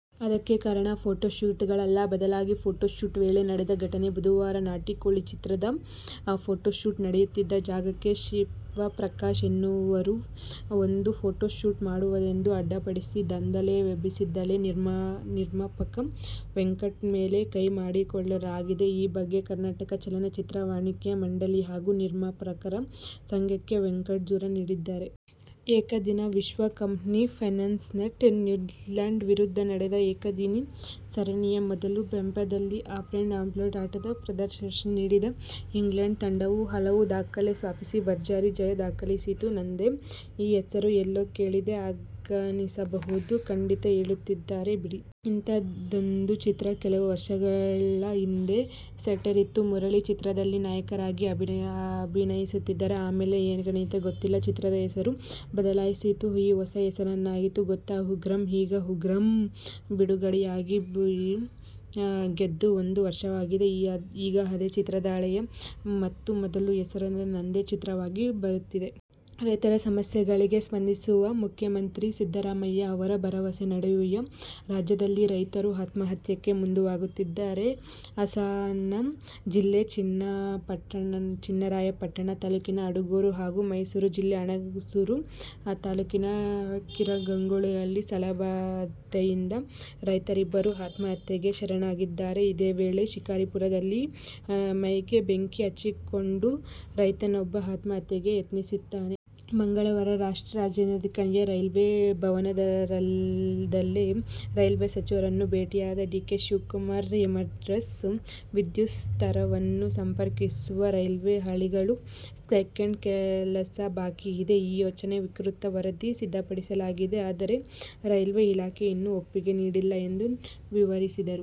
ಅದಕ್ಕೆ ಕಾರಣ, ಫೋಟೋಗಳಲ್ಲ. ಬದಲಾಗಿ, ಫೋಟೋಶೂಟ್ ವೇಳೆ ನಡೆದ ಘಟನೆ. ಬುಧವಾರ "ನಾಟಿಕೋಳಿ' ಚಿತ್ರದ ಫೋಟೋಶೂಟ್ ನಡೆಯುತ್ತಿದ್ದ ಜಾಗಕ್ಕೆ ಶಿವಪ್ರಕಾಶ್ ಎನ್ನುವವರು ಬಂದು ಫೋಟೋಶೂಟ್ ಮಾಡದಂತೆ ಅಡ್ಡಿಪಡಿಸಿ ದಾಂಧಲೆ ಎಬ್ಬಿಸಿದ್ದಲ್ಲದೇ, ನಿರ್ಮಾಪಕ ವೆಂಕಟ್ ಮೇಲೆ ಕೈ ಮಾಡಿದ್ದಾರೆನ್ನಲಾಗಿದೆ. ಈ ಬಗ್ಗೆ ಕರ್ನಾಟಕ ಚಲನಚಿತ್ರ ವಾಣಿಜ್ಯ ಮಂಡಳಿ ಹಾಗೂ ನಿರ್ಮಾಪಕರ ಸಂಘಕ್ಕೆ ವೆಂಕಟ್ ದೂರು ನೀಡಿದ್ದಾರೆ. ಏಕದಿನ ವಿಶ್ವ ಕಪ್ನ ಫೈನಲಿಸ್ಟ್ ನ್ಯೂಜಿಲ್ಯಾಂಡ್ ವಿರುದ್ಧ ನಡೆದ ಏಕದಿನ ಸರಣಿಯ ಮೊದಲ ಪಂದ್ಯದಲ್ಲಿ ಅಮೋಘ ಆಲ್ರೌಂಡ್ ಆಟದ ಪ್ರದರ್ಶನ ನೀಡಿದ ಇಂಗ್ಲೆಂಡ್ ತಂಡವು ಹಲವು ದಾಖಲೆ ಸ್ಥಾಪಿಸಿ ಭರ್ಜರಿ ಜಯ ದಾಖಲಿಸಿತು. ನಂದೇ! ಈ ಹೆಸರು ಎಲ್ಲೋ ಕೇಳಿದ ಹಾಗನಿಸಬಹುದು. ಖಂಡಿತಾ ಕೇಳಿರುತ್ತೀರಾ ಬಿಡಿ. ಇಂಥದ್ದೊಂದು ಚಿತ್ರ ಕೆಲವು ವರ್ಷಗಳ ಹಿಂದೆ ಸೆಟ್ಟೇರಿತ್ತು. ಮುರಳಿ ಚಿತ್ರದಲ್ಲಿ ನಾಯಕರಾಗಿ ಅಭಿನಯಿಸಿದ್ದರು. ಆಮೇಲೆ ಏನಾಯಿತೋ ಗೊತ್ತಿಲ್ಲ, ಚಿತ್ರದ ಹೆಸರನ್ನು ಬದಲಾಯಿಸಲಾಯಿತು. ಆ ಹೊಸ ಹೆಸರೇನಾಗಿತ್ತು ಗೊತ್ತಾ? "ಉಗ್ರಂ'. ಈಗ "ಉಗ್ರಂ' ಬಿಡುಗಡೆಯಾಗಿ, ಗೆದ್ದು ಒಂದು ವರ್ಷವಾಗಿದೆ. ಈಗ ಅದೇ ಚಿತ್ರದ ಹಳೆಯ ಮತ್ತು ಮೊದಲ ಹೆಸರಾದ "ನಂದೇ' ಚಿತ್ರವಾಗಿ ಬರುತ್ತಿದೆ. ರೈತರ ಸಮಸ್ಯೆಗಳಿಗೆ ಸ್ಪಂದಿಸುವ ಮುಖ್ಯಮಂತ್ರಿ ಸಿದ್ದರಾಮಯ್ಯ ಅವರ ಭರವಸೆ ನಡುವೆಯೂ ರಾಜ್ಯದಲ್ಲಿ ರೈತರು ಆತ್ಮಹತ್ಯೆಗೆ ಮುಂದಾಗುತ್ತಿದ್ದಾರೆ. ಹಾಸನ ಜಿಲ್ಲೆ ಚನ್ನರಾಯಪಟ್ಟಣ ತಾಲೂಕಿನ ಅಡಗೂರು ಹಾಗೂ ಮೈಸೂರು ಜಿಲ್ಲೆ ಹುಣಸೂರು ತಾಲೂಕಿನ ಕಿರಂಗೂರುಗಳಲ್ಲಿ ಸಾಲಬಾಧೆಯಿಂದ ರೈತರಿಬ್ಬರು ಆತ್ಮಹತ್ಯೆಗೆ ಶರಣಾಗಿದ್ದಾರೆ. ಇದೇ ವೇಳೆ, ಶಿಕಾರಿಪುರದಲ್ಲಿ ಮೈಗೆ ಬೆಂಕಿ ಹಚ್ಚಿಕೊಂಡು ರೈತನೊಬ್ಬ ಆತ್ಮಹತ್ಯೆಗೆ ಯತ್ನಿಸಿದ್ದಾನೆ. ಮಂಗಳವಾರ ರಾಷ್ಟ್ರ ರಾಜಧಾನಿಯ ರೈಲ್ವೆ ಭವನದಲ್ಲಿ ರೈಲ್ವೆ ಸಚಿವರನ್ನು ಭೇಟಿಯಾದ ಡಿ. ಕೆ. ಶಿವಕುಮಾರ್, ಎರ್ಮರಸ್ ವಿದ್ಯುತ್ ಸ್ಥಾವರವನ್ನು ಸಂಪರ್ಕಿಸುವ ರೈಲ್ವೆ ಹಳಿಗಳ ಸೈಡಿಂಗ್ ಕೆಲಸ ಬಾಕಿ ಇದೆ. ಈ ಯೋಜನೆ ವಿಸ್ತೃತ ವರದಿ ಸಿದ್ಧಪಡಿಸಲಾಗಿದೆ. ಆದರೆ, ರೈಲ್ವೆ ಇಲಾಖೆ ಇನ್ನೂ ಒಪ್ಪಿಗೆ ನೀಡಿಲ್ಲ ಎಂದು ವಿವರಿಸಿದರು.